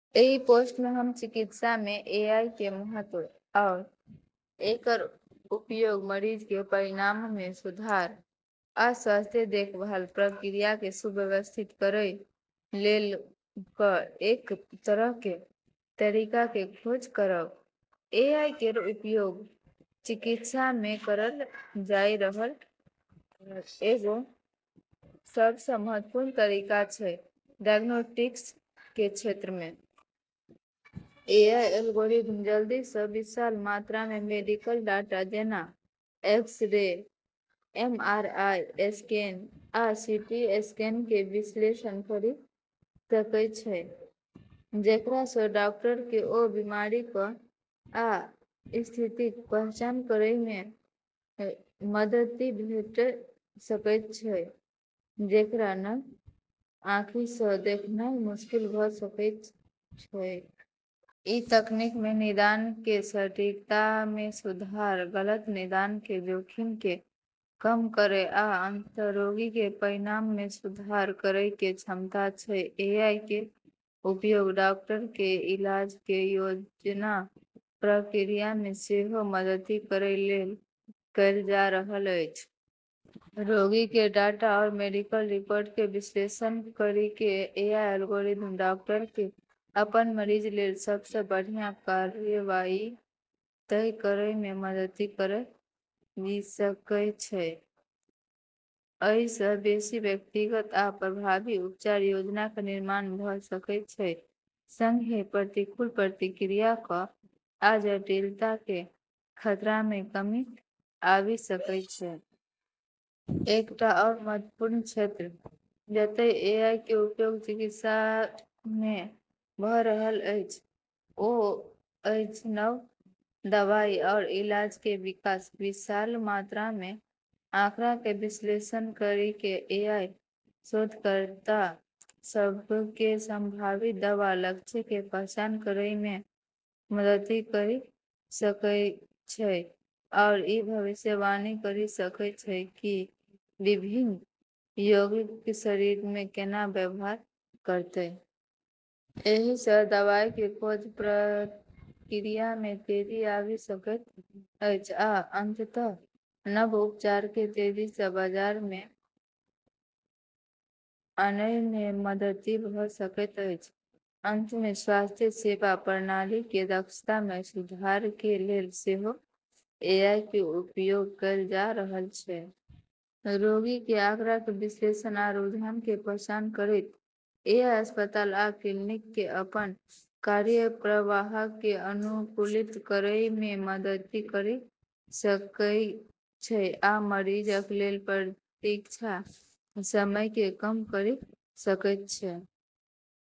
एहि पोस्टमे हम चिकित्सामे एआईके महत्व आओर एकर उपयोग मरीजके परिणाममे सुधार आ स्वास्थ्य देखभाल प्रक्रियाके सुव्यवस्थित करै लेल कएक तरहके तरीकाके खोज करब । एआई केर उपयोग चिकित्सामे करल जाइ रहल एगो सबसँ महत्वपूर्ण तरीका छै, डायग्नोस्टिक्स के क्षेत्रमे । एआई एल्गोरिदम जल्दीसँ विशाल मात्रामे मेडिकल डाटा, जेना एक्स-रे, एमआरआई स्कैन, आ सीटी स्कैनके विश्लेषण करि सकै छै, जेकरासँ डॉक्टरके ओ बीमारिक आ स्थितिक पहचान करैमे मदति भेट सकैत छै जेकरा नग्न आँखिसँ देखनाइ मुश्किल भ' सकय छै । ई तकनीकमे निदानके सटीकतामे सुधार, गलत निदानके जोखिमके कम करै आ अंततः रोगीके परिणाममे सुधार करैके क्षमता छै । एआईके उपयोग डॉक्टरके इलाजके योजना प्रक्रियामे सेहो मदति करै लेल कएल जा रहल अछि । रोगी केर डाटा आओर मेडिकल रिकॉर्डके विश्लेषण करिके एआई एल्गोरिदम डॉक्टरके अपन मरीज लेल सबसँ बढ़ियाँ कार्रवाई तय करैमे मदति करि सकै छै। अइसँ बेशी व्यक्तिगत आ प्रभावी उपचार योजनाके निर्माण भ' सकै छै, सङ्गहेँ प्रतिकूल प्रतिक्रियाक आ जटिलताके खतरामे कमी आबि सकै छै । एकटा आओर महत्वपूर्ण क्षेत्र जतय एआईके उपयोग चिकित्सामे भ' रहल अछि ओ अछि नव दवाइ आओर इलाजके विकास । विशाल मात्रामे आँकड़ाके विश्लेषण करिके एआई शोधकर्ता सबके संभावित दवा लक्ष्यके पहचान करैमे मदति करि सकै छै आओर ई भविष्यवाणी करि सकै छै कि विभिन्न यौगिक शरीरमे केना व्यवहार करतै। एहिसँ दवाइके खोज प्रक्रियामे तेजी आबि सकैत अछि आ अंततः नव उपचारके तेजीसँ बाजारमे आनयमे मदति भ' सकैत अछि । अंतमे स्वास्थ्य सेवा प्रणालीके दक्षतामे सुधारके लेल सेहो एआईके उपयोग कैल जा रहल छै । रोगीके आँकड़ाके विश्लेषण आ रुझानके पहचान करैत, एआई अस्पताल आ क्लिनिकके अपन कार्यप्रवाहके अनुकूलित करैमे मदति करि सकै छै आ मरीजक लेल प्रतीक्षा समयके कम करि सकै छै ।